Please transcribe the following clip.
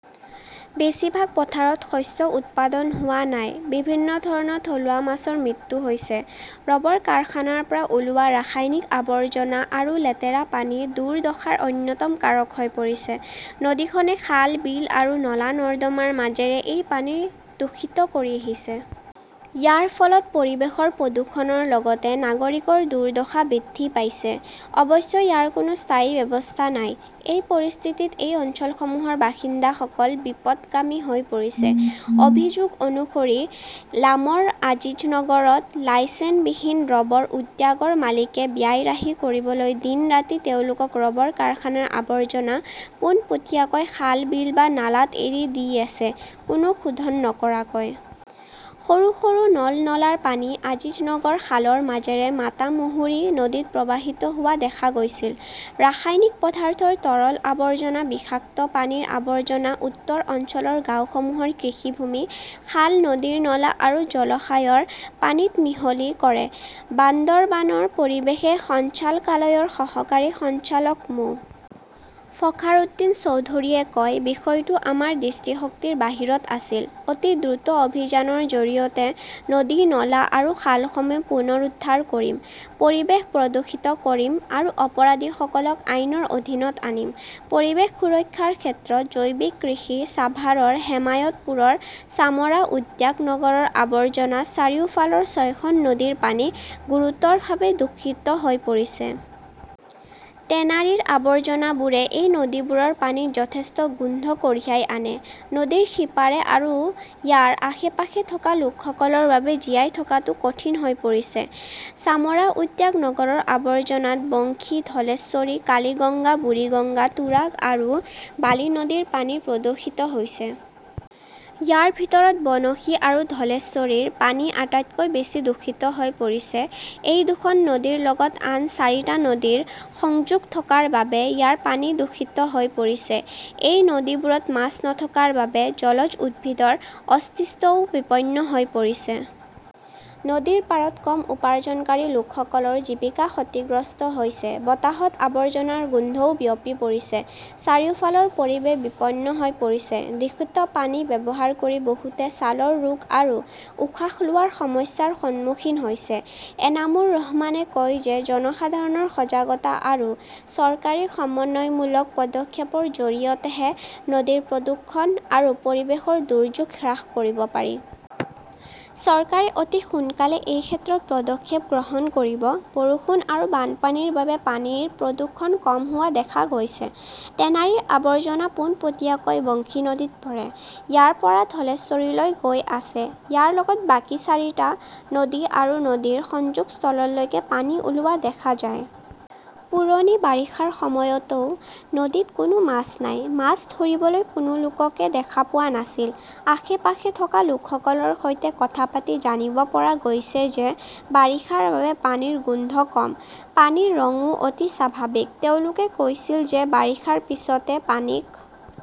বেছিভাগ পথাৰত শস্য উৎপাদন হোৱা নাই। বিভিন্ন ধৰণৰ থলুৱা মাছৰ মৃত্যু হৈছে। ৰবৰ কাৰখানাৰ পৰা ওলোৱা ৰাসায়নিক আৱৰ্জনা আৰু লেতেৰা পানী দুৰ্দশাৰ অন্যতম কাৰক হৈ পৰিছে। নদীখনে খাল, বিল আৰু নলা-নৰ্দমাৰ মাজেৰে এই পানী দূষিত কৰি আহিছে। ইয়াৰ ফলত পৰিৱেশৰ প্ৰদূষণৰ লগতে নাগৰিকৰ দুৰ্দশা বৃদ্ধি পাইছে। অৱশ্যে, ইয়াৰ কোনো স্থায়ী ব্যৱস্থা নাই। এই পৰিস্থিতিত এই অঞ্চলসমূহৰ বাসিন্দাসকল বিপথগামী হৈ পৰিছে। অভিযোগ অনুসৰি লামৰ আজিজনগৰত লাইচেনবিহীন ৰবৰ উদ্যোগৰ মালিকে ব্যয় ৰাহি কৰিবলৈ দিন-ৰাতি তেওঁলোকৰ ৰবৰ কাৰখানাৰ আৱৰ্জনা পোনপটীয়াকৈ খাল-বিল বা নালাত এৰি দি আছে, কোনো শোধন নকৰাকৈ। সৰু সৰু নল-নলাৰ পানী আজিজনগৰ খালৰ মাজেৰে মাতামুহুৰী নদীত প্ৰৱাহিত হোৱা দেখা গৈছিল। ৰাসায়নিক পদাৰ্থৰ তৰল আৱৰ্জনা বিষাক্ত পানীৰ আৱৰ্জনা উত্তৰ অঞ্চলৰ গাঁওসমূহৰ কৃষিভূমি, খাল, নদীৰ নলা আৰু জলাশয়ৰ পানীত মিহলি কৰে। বান্দৰবানৰ পৰিৱেশ সঞ্চালকালয়ৰ সহকাৰী সঞ্চালক মো. ফখাৰউদ্দিন চৌধুৰীয়ে কয়, বিষয়টো আমাৰ দৃষ্টিশক্তিৰ বাহিৰত আছিল । অতি দ্ৰুত অভিযানৰ জৰিয়তে নদী-নলা আৰু খালসমূহ পুনৰুদ্ধাৰ কৰিম, পৰিৱেশ প্ৰদূষিত কৰিম আৰু অপৰাধীসকলক আইনৰ অধীনত আনিম। পৰিৱেশ সুৰক্ষাৰ ক্ষেত্ৰত জৈৱিক কৃষি ছাভাৰৰ হেমায়তপুৰৰ চামৰা উদ্যোগ নগৰৰ আৱৰ্জনাত চাৰিওফালৰ ছয়খন নদীৰ পানী গুৰুতৰভাৱে দূষিত হৈ পৰিছে। টেনাৰীৰ আৱৰ্জনাবোৰে এই নদীবোৰৰ পানীত যথেষ্ট গোন্ধ কঢ়িয়াই আনে। নদীৰ সিপাৰে আৰু ইয়াৰ আশে-পাশে থকা লোকসকলৰ বাবে জীয়াই থকাটো কঠিন হৈ পৰিছে। চামৰা উদ্যোগ নগৰৰ আৱৰ্জনাত বংশী, ধলেশ্বৰী, কালিগঙ্গা, বুৰিগঙ্গা, তুৰাগ আৰু বালি নদীৰ পানী প্ৰদূষিত হৈছে। ইয়াৰ ভিতৰত বনশী আৰু ধলেশ্বৰীৰ পানী আটাইতকৈ বেছি দূষিত হৈ পৰিছে। এই দুখন নদীৰ লগত আন চাৰিটা নদীৰ সংযোগ থকাৰ বাবে ইয়াৰ পানী দূষিত হৈ পৰিছে। এই নদীবোৰত মাছ নথকাৰ বাবে জলজ উদ্ভিদৰ অস্তিত্বও বিপন্ন হৈ পৰিছে। নদীৰ পাৰত কম উপাৰ্জনকাৰী লোকসকলৰ জীৱিকা ক্ষতিগ্ৰস্ত হৈছে। বতাহত আৱৰ্জনাৰ গোন্ধও বিয়পি পৰিছে। চাৰিওফালৰ পৰিৱেশ বিপন্ন হৈ পৰিছে। দূষিত পানী ব্যৱহাৰ কৰি বহুতে ছালৰ ৰোগ আৰু উশাহ লোৱাৰ সমস্যাৰ সন্মুখীন হৈছে। এনামুৰ ৰহমানে কয় যে জনসাধাৰণৰ সজাগতা আৰু চৰকাৰী সমন্বয়মূলক পদক্ষেপৰ জৰিয়তেহে নদীৰ প্ৰদূষণ আৰু পৰিৱেশৰ দুৰ্যোগ হ্ৰাস কৰিব পাৰি। চৰকাৰে অতি সোনকালেই এই ক্ষেত্ৰত পদক্ষেপ গ্ৰহণ কৰিব। বৰষুণ আৰু বানপানীৰ বাবে পানীৰ প্ৰদূষণ কম হোৱা দেখা গৈছে। টেনাৰীৰ আৱৰ্জনা পোনপটীয়াকৈ বংশী নদীত পৰে। ইয়াৰ পৰা ধলেশ্বৰীলৈ গৈ আছে। ইয়াৰ লগত বাকী চাৰিটা নদী আৰু নদীৰ সংযোগস্থললৈকে পানী ওলোৱা দেখা যায়। পুৰণি বাৰিষাৰ সময়তও নদীত কোনো মাছ নাই। মাছ ধৰিবলৈ কোনো লোককে দেখা পোৱা নাছিল। আশে-পাশে থকা লোকসকলৰ সৈতে কথা পাতি জানিব পৰা গৈছে যে বাৰিষাৰ বাবে পানীৰ গোন্ধ কম। পানীৰ ৰংও অতি স্বাভাৱিক। তেওঁলোকে কৈছিল যে বাৰিষাৰ পিছতে পানী ক